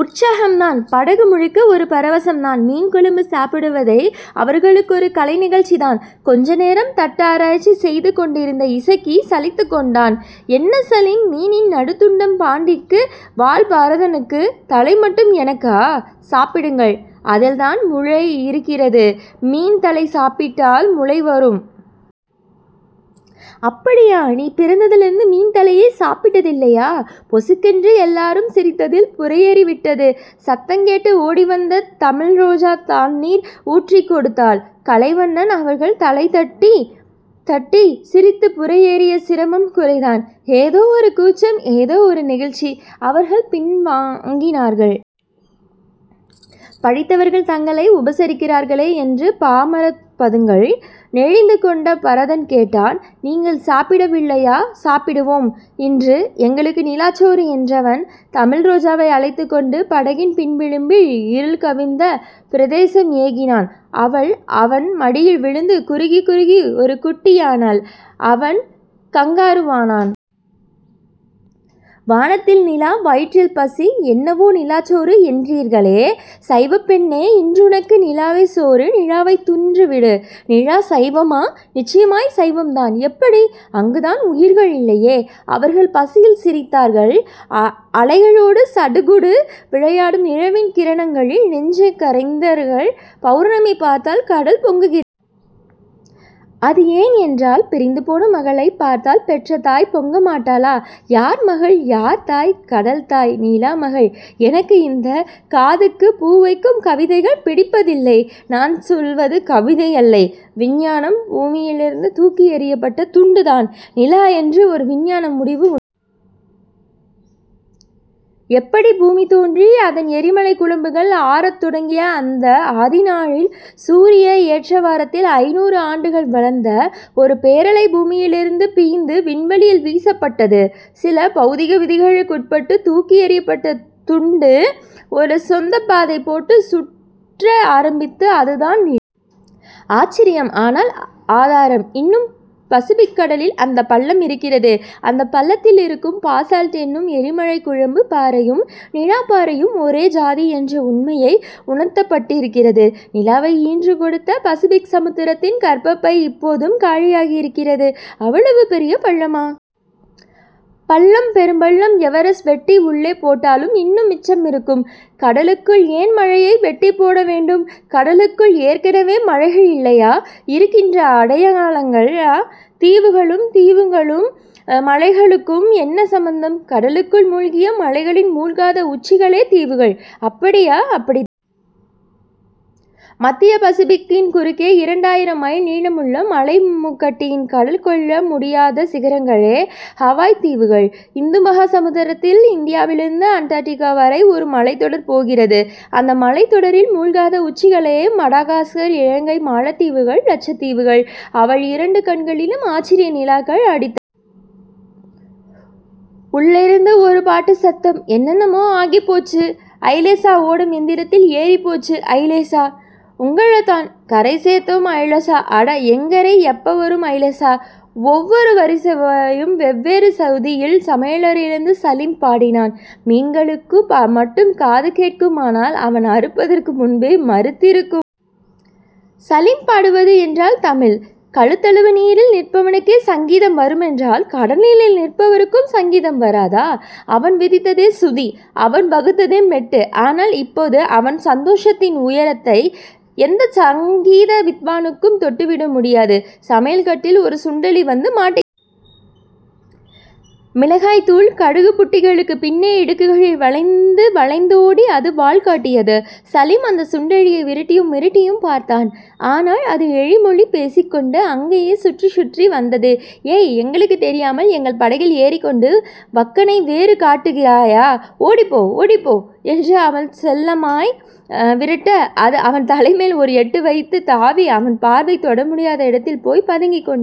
உற்சாகம்தான். படகு முழுக்க ஒரு பரவசம்தான். மீன்குழம்பு சாப்பிடுவதே அவர்களுக்கொரு கலைநிகழ்ச்சிதான். கொஞ்சநேரம் தட்டாராய்ச்சி செய்து கொண்டிருந்த இசக்கி சலித்துக்கொண்டான். என்ன சலீம். மீனின் நடுத்துண்டம் பாண்டிக்கு. வால் பரதனுக்கு. தலை மட்டும் எனக்கா..? சாப்பிடுங்கள். அதில்தான் முளை இருக்கிறது. மீன் தலை சாப்பிட்டால் முளை வளரும்... அப்படியா. நீ பிறந்ததிலிருந்து மீன் தலையே சாப்பிட்டதில்லையா..? பொசுக்கென்று எல்லோரும் சிரித்ததில் புரையேறிவிட்டது. சத்தங்கேட்டு ஓடிவந்த தமிழ்ரோஜா தண்ணீர் ஊற்றிக் கொடுத்தாள். கலைவண்ணன் அவர்கள் தலை தட்டித் தட்டி, சிரித்துப் புரையேற்றிய சிரமம் குறைத்தான். ஏதோ ஒரு கூச்சம். ஏதோ ஒரு நெகிழ்ச்சி. அவர்கள் பின்வாங்கினார்கள். படித்தவர்கள் தங்களை உபசரிக்கிறார்களே என்ற பாமரப் பதுங்கல். நெளிந்துகொண்டே பரதன் கேட்டான். நீங்கள் சாப்பிடவில்லையா..? சாப்பிடுவோம். இன்று எங்களுக்கு நிலாச்சோறு... என்றவன், தமிழ்ரோஜாவை அழைத்துக்கொண்டு படகின் பின்விளிம்பில் இருள் கவிந்த பிரதேசம் ஏகினான். அவள், அவன் மடியில் விழுந்து குறுகிக் குறுகி ஒரு குட்டியானாள். அவன் கங்காருவானான். வானத்தில் நிலா. வயிற்றில் பசி. என்னவோ நிலாச்சோறு என்றீர்களே. சைவப்பெண்ணே. இன்றுனக்கு நிலாவே சோறு... நிலாவைத் தின்றுவிடு... நிலா சைவமா..? நிச்சயமாய்ச் சைவம்தான்... எப்படி..? அங்குதான் உயிர்கள் இல்லையே. அவள் பசியில் சிரித்தாள். அலைகளோடு சடுகுடு விளையாடும் நிலவின் கிரணங்களில் நெஞ்சுகரைந்தவள் பெளர்ணமி பார்த்தால் கடல் பொங்குகிறதே. அது ஏன்..? என்றாள். பிரிந்துபோன மகளைப் பார்த்தால் பெற்ற தாய் பொங்கமாட்டாளா..? யார் மகள்..? யார் தாய்..? கடல் தாய்... நிலா மகள்... எனக்கு இந்தக் காதுக்குப் பூ வைக்கும் கவிதைகள் பிடிப்பதில்லை... நான் சொல்வது கவிதையல்ல. விஞ்ஞானம். பூமியிலிருந்து தூக்கியெறியப்பட்ட துண்டுதான் நிலா என்று ஒரு விஞ்ஞான முடிவு உண்டு... எப்படி..? பூமி தோன்றி அதன் எரிமலைக் குழம்புகள் ஆறத்தொடங்கிய அந்த ஆதிநாளில் சூரிய ஏற்றவற்றத்தால் ஐந்நூறு ஆண்டுகள் வளர்ந்த ஒரு பேரலை பூமியிலிருந்து பிய்ந்து விண்வெளியில் வீசப்பட்டது. சில பெளதிக விதிகளுக்குட்பட்டுத் தூக்கியெறியப்பட்ட துண்டு ஒரு சொந்தப் பாதை போட்டுச் சுற்ற ஆரம்பித்தது. அதுதான் நிலா... ஆச்சரியம். ஆனால் ஆதாரம்..? இன்னும் பசிபிக் கடலில் அந்தப் பள்ளமிருக்கிறது. அந்தப் பள்ளத்திலிருக்கும் பசால்ட் என்னும் எரிமலைக் குழம்புப் பாறையும், நிலாப் பாறையும் ஒரே ஜாதி என்ற உண்மை உணர்த்தப்பட்டிருக்கிறது. நிலாவை ஈன்று கொடுத்த பசிபிக் சமுத்திரத்தின் கர்ப்பப்பை இப்போதும் காலியாயிருக்கிறது... அவ்வளவு பெரிய பள்ளமா..? பள்ளம். பெரும்பள்ளம். எவரெஸட்டை வெட்டி உள்ளே போட்டாலும் இன்னும் மிச்சமிருக்கும்... கடலுக்குள் ஏன் மலையை வெட்டிப் போட வேண்டும். கடலுக்குள் ஏற்கெனவே மலைகள் இல்லையா..? இருக்கின்றன... அடையாளங்கள்..? தீவுகள்... தீவுகளுக்கும் மலைகளுக்கும் என்ன சம்பந்தம்..? கடலுக்குள் முழ்கிய மலைகளின் முழ்காத உச்சிகளே தீவுகள்... அப்படியா..? அப்படித்தான்... மத்திய பசிபிக்கின் குறுக்கே இரண்டாயிரம் மைல் நீளமுள்ள மலைமுகட்டின் கடல் கொள்ள முடியாத சிகரங்களே ஹவாய்த் தீவுகள். இந்துமகா சமுத்திரத்தில் இந்தியாவிலிருந்து அண்டார்டிகா வரை ஒரு மலைத்தொடர் போகிறது. அந்த மலைத்தொடரில் முழ்காத உச்சிகளே மடகாஸகர் இலங்கை மாலத்தீவுகள் லட்சத்தீவுகள்... அவள் இரண்டு கண்களிலும் ஆச்சரிய நிலாக்கள் அடித்தன. உள்ளிருந்து ஒரு பாட்டுச் சத்தம். என்னென்னமோ ஆகிப்போச்சு ஐலசா ஓடம் எந்திரத்தில் ஏறிப்போச்சு ஐலசா... ஒங்களத்தான் கரைசேத்தோம் ஐலசா அட எங்க கரை எப்ப வரும் ஐலசா... ஒவ்வொரு வரியையும் வெவ்வேறு சுதியில் சமையலறையிலிருந்து சலீம் பாடினான். மீன்களுக்கு மட்டும் காது கேட்குமானால் அவன் அறுப்பதற்கு முன்பே மரித்திருக்கும். சலீம்தானே பாடுவது..? என்றாள் தமிழ். கழுத்தளவு நீரில் நிற்பவனுக்கே சங்கீதம் வருமென்றால், கடல்நீரில் நிற்பவனுக்குச் சங்கீதம் வராதா..? அவன் விதித்ததே சுதி. அவன் வகுத்ததே மெட்டு. ஆனால், இப்போது அவனது சந்தோஷத்தின் உயரத்தை எந்தச் சங்கீத வித்வானும் தொட்டுவிட முடியாது... சமையல்கட்டில் ஒரு சுண்டெலி வந்து மாட்டிக் கொண்டது. மிளகாய்த்தூள், கடுகுபுட்டிகளுக்குப் பின்னே இடுக்குகளில் வளைந்து வளைந்தோடி அது வால்காட்டியது. சலீம் அந்தச் சுண்டெலியை விரட்டியும் மிரட்டியும் பார்த்தான். ஆனால், அது எலிமொழி பேசிக்கொண்டு அங்கேயே சுற்றிச்சுற்றி வந்தது. ஏய். எங்களுக்குத் தெரியாமல் எங்கள் படகில் ஏறிக்கொண்டு வக்கணை வேறு காட்டுகிறாயா..? ஓடிப்போ. ஓடிப்போ. என்று அவன் செல்லமாய் விரட்ட, அது அவன் தலைமேல் ஒரு எட்டு வைத்துத் தாவி, அவன் பார்வை தொடமுடியாத இடத்தில் போய்ப் பதுங்கிக்கொண்டது.